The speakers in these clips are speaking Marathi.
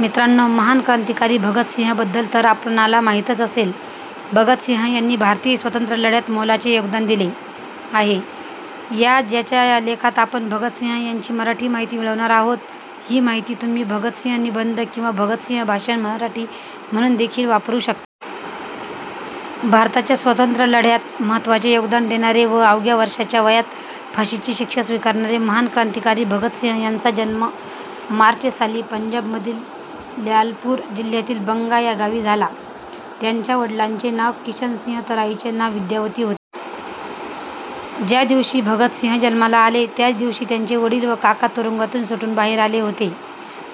मित्रानो महान क्रांतिकारी भगत सिंह बद्दल तर आपणाला माहितीच असेल. भगत सिंह यांनी भारतीय स्वतंत्र लढ्यात मोलाचे योगदान दिले आहे, याजच्या या लेखात आपण भगत सिंह यांची मराठी माहिती मिळवणार आहोत. ही माहिती तुम्ही भगत सिंह निबंध किंवा भगत सिंह भाषण मराठी म्हणून देखील वापरू शकतात. भारताच्या स्वतंत्र लढ्यात महत्त्वाचे योगदान देणारे व अवघ्या वर्षाच्या वयात फाशीची शिक्षा स्वीकारणारे महान क्रांतिकारी भगत सिंह यांचा जन्म मार्च साली पंजाब मधील ल्यालपुर जिल्ह्यातील बंगा या गावी झाला. त्यांचा वडिलांचे नाव किशन सिंह तर आईचे नाव विद्यावती होते. ज्या दिवशी भगत सिंह जन्माला आले त्याच दिवशी त्यांचे वडील व काका तुरुंगातून सुटून बाहेर आले होते.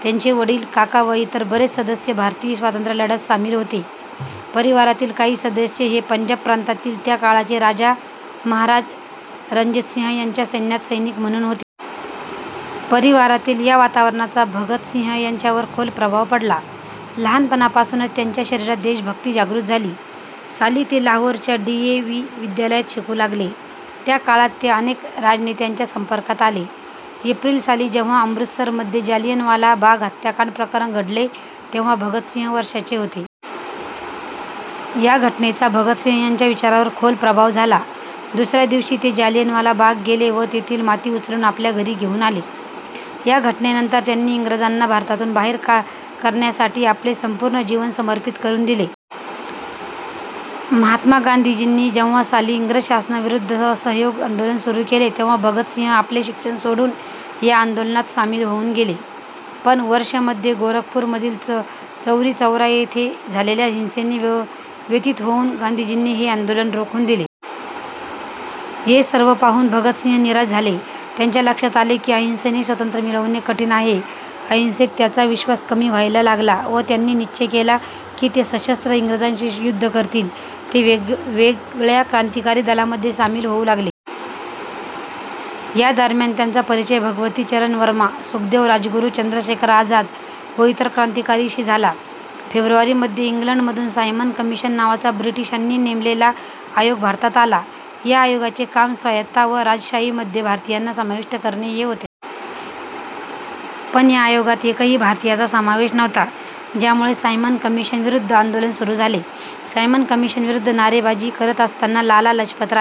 त्यांचे वडील, काका व इतर बरेच सदस्य भारतीय स्वांत्र्यलढ्यात सामील होते, परिवारातील काही सदस्य हे पंजाब प्रांतातील त्या काळचे राजा 'महाराज रणजितसिंह' याच्या सैन्यात सैनिक म्हणून होते. परिवारातील या वातावरणाचा भगत सिंह यांच्यावर खोल प्रभाव पडला. लहापणापासूनच त्यांच्या शरीरात देशभक्ती जागृत झाली. साली ते लाहोर च्या डी ए वी विद्यालयात शिकू लागले. त्या काळात ते अनेक राजनेत्याच्या संपर्कात आले. एप्रिल साली जेव्हा अमृतसर मध्ये जालियनवाला बाग हत्याकांड प्रकरण घडले तेव्हा भगत सिंह वर्षाचे होते. या घटनेचा भगत सिंह यांच्या विचारावर खोल प्रभाव झाला. दुसऱ्या दिवशी ते जालियनवाला बाग गेले व तेथील माती उचलून आपल्या घरी घेऊन आले. या घटनेनंतर त्यांनी इंग्रजांना भारतातून बाहेर करण्यासाठी आपले संपूर्ण जीवन समर्पित करून दिले. महात्मा गांधींनी जेव्हा साली इंग्रज शासाना विरुद्ध असहयोग आंदोलन सुरू केले, तेव्हा भगत सिंह आपले शिक्षण सोडून या आंदोलनात सामील होऊन गेले. पण वर्ष मध्ये गोरखपूर मधील चौरीचौरा येथे झालेल्या हिंसेने व्यथित होऊन गांधीजींनी हे आंदोलन रोखून दिले. हे सर्व पाहून भगत सिंह निराश झाले. त्यांच्या लक्षात आले की आहिंसेने स्वतंत्र मिळवणे कठीण आहे. आहिंसेत त्याचा विश्वास कमी व्हायला लागला व त्यांनी निश्चय केला की ते सशस्त्र इंग्रजांशी युद्ध करतील. ते वेगवगळ्या क्रांतिकारी दलामध्ये शामिल होऊ लागले. या दरम्यान त्यांचा परिचय भगवती चरण वर्मा, सुखदेव, राजगुरू, चंद्रशेखर आझाद व इतर क्रांतिकारीशी झाला. फेब्रुवारी मध्ये इंग्लंड मधून सायमन कमिशन नावाचा ब्रिटिशांनी नेमलेला आयोग भारतात आला. या आयोगाचे काम स्वायत्तता व राजशाही मध्ये भारतीयांना समाविष्ट करणे हे होते. पण या आयोगात एकाही भारतीयाचा समावेश नव्हता. ज्यामुळे सायमन कमिशन विरुद्ध आंदोलन सुरू झाले. सायमन कमिशन विरुद्ध नारेबाजी करत असताना लाला लजपतराय